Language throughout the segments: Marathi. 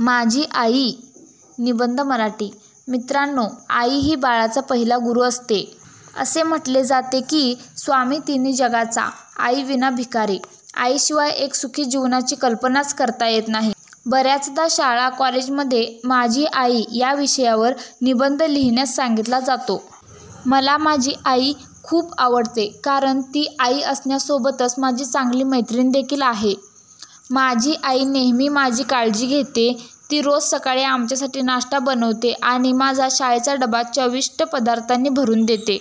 माझी आई निबंध मराठी: मित्रानो आई ही बाळाचा पहिला गुरु असते. असे म्हटले जाते की 'स्वामी तिन्ही जगाचा आई विना भिकारी'. आई शिवाय एक सुखी जीवनाची कल्पनाच करता येत नाही. बऱ्याचदा शाळा कॉलेज मध्ये माझी आई या विषयवार निबंध लिहिण्यास सांगीतला जातो. मला माझी आई खूप आवडते कारण ती आई असण्यासोबतच माझी खूप चांगली मैत्रीण देखील आहे. माझी आई नेहमी माझी काळजी घेते. ती रोज सकाळी आमच्यासाठी नाश्ता बनवते आणि माझा शाळेचा डब्बा चविष्ट पदार्थांनी भरून देते.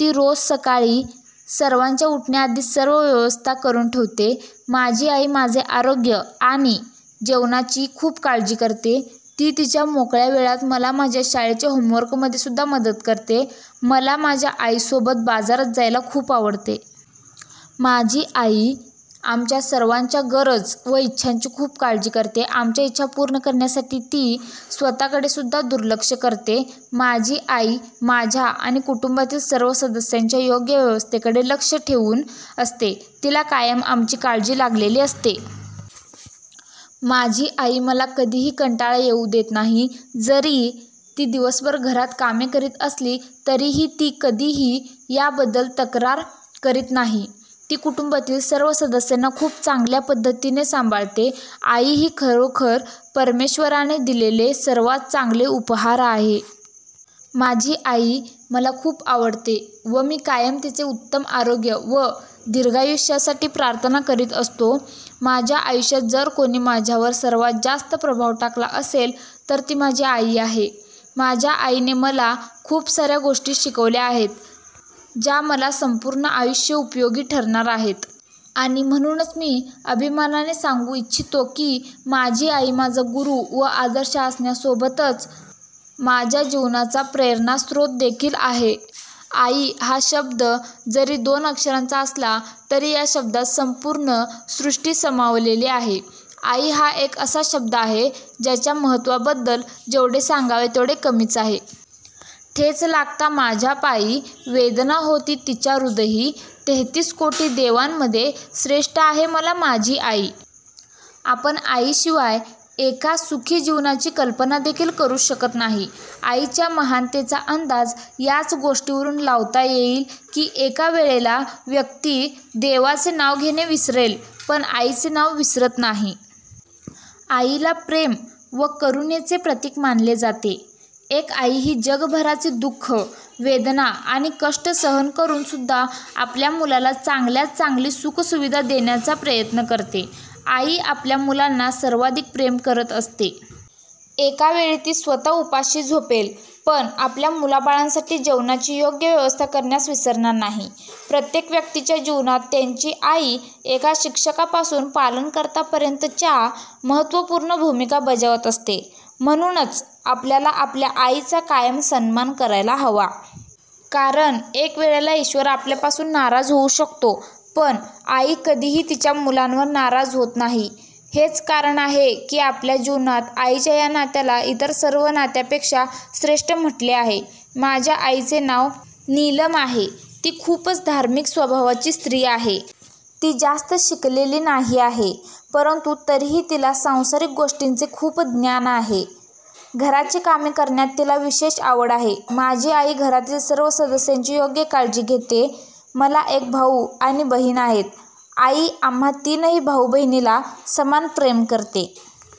ती रोज सकाळी सर्वांच्या उठण्याधीच सर्व व्यवस्था करून ठेवते. माझी आई माझे आरोग्य आणि जेवणाची खूप काळजी करते. ती तिच्या मोकळ्या वेळात मला माझ्या शाळेच्या होमवर्क मध्ये सुद्धा मदत करते. मला माझ्या आई सोबत बाजारात जायला खूप आवडते. माझी आई आमच्या सर्वांच्या गरज व इच्छांची खूप काळजी करते. आमच्या इच्छा पूर्ण करण्यासाठी ती स्वतः कडे सुद्धा दुर्लक्ष करते. माझी आई माझ्या आणि कुटुंबातील सर्व सदस्यांच्या योग्य व्यवस्थेकडे लक्ष ठेऊन असते, तिला कायम आमची काळजी लागलेली असते. माझी आई मला कधीही कंटाळा येऊ देत नाही. जरी ती दिवसभर घरात कामे करीत असली तरीही ती कधीही या बद्दल तक्रार करीत नाही. ती कुटुंबातील सर्व सदस्यांना खूप चांगल्या पद्धतीने सांभाळते. आई ही खरोखर परमेश्वराने दिलेले सर्वात चांगले उपहार आहे. माझी आई मला खूप आवडते व मी कायम तिचे उत्तम आरोग्य व दीर्घायुष्यासाठी प्रार्थना करीत असतो. माझ्या आयुष्यात जर कोणी माझ्यावर सर्वात जास्त प्रभाव टाकला असेल, तर ती माझी आई आहे. माझ्या आईने मला खूप साऱ्या गोष्टी शिकवल्या आहेत, ज्या मला संपूर्ण आयुष्य उपयोगी ठरणार आहेत. आणि म्हणूनच मी अभिमानाने सांगू इच्छितो की माझी आई माझा गुरु व आदर्श असण्यासोबताच माझ्या जीवनाचा प्रेणास्रोत देखील आहे. आई हा शब्द जरी दोन अक्षरांचा असला तरी या शब्दात संपूर्ण सृष्टि समावलेली आहे, आई हा एक असा शब्द आहे ज्याच्या महत्त्वाबद्दल जेवढे सांगावे तेवढे कमीच आहे. ठेच लागता माझ्या पायी, वेदना होती तिच्या हृदयी तेहतीस कोटी देवांमध्ये, श्रेष्ठ आहे मला माझी आई आपण आई शिवाय एका सुखी जीवनाची कल्पना देखील करू शकत नाही. आईच्या महानतेचा अंदाज याच गोष्टीवरून लावता येईल की एका वेळेला व्यक्ती देवाचे नाव घेणे विसरेल पण आई चे नाव विसरत नाही. आईला प्रेम व करुणे चे प्रतीक मानले जाते. एक आई ही जगभराचे दुख, वेदना आणि कष्ट सहन करून सुद्धा आपल्या मुलाला चांगल्यात चांगली सुख सुविधा देण्याचा प्रयत्न करते. आई आपल्या मुलांना सर्वाधिक प्रेम करत असते. एका वेळी ती स्वतः उपाशी झोपेल पण आपल्या मुलाबाळांसाठी जेवणाची योग्य व्यवस्था करण्यास विसरणार नाही. प्रत्येक व्यक्तीच्या जीवनात त्यांची आई एका शिक्षकापासून पालनकर्ता पर्यंत च्या महत्त्वपूर्ण भूमिका बजावत असते. म्हणूनच आपल्याला आपल्या आईचा कायम सन्मान करायला हवा. कारण एक वेळेला ईश्वर आपल्यापासून नाराज होऊ शकतो पण आई कधीही तिच्या मुलांवर नाराज होत नाही. हेच कारण आहे की आपल्या जीवनात आईच्या या नात्याला इतर सर्व नात्यापेक्षा श्रेष्ठ म्हटले आहे. माझ्या आईचे नाव निलम आहे ती खूपच धार्मिक स्वभावाची स्त्री आहे. ती जास्त शिकलेली नाही आहे. परंतु तरीही तिला सांसारिक गोष्टींचे खूप ज्ञान आहे. घराची कामे करण्यात तिला विशेष आवड आहे. माझी आई घरातील सर्व सदस्यांची योग्य काळजी घेते. मला एक भाऊ आणि बहीण आहेत. आई आम्हा तीनही भाऊ बहिणीला समान प्रेम करते.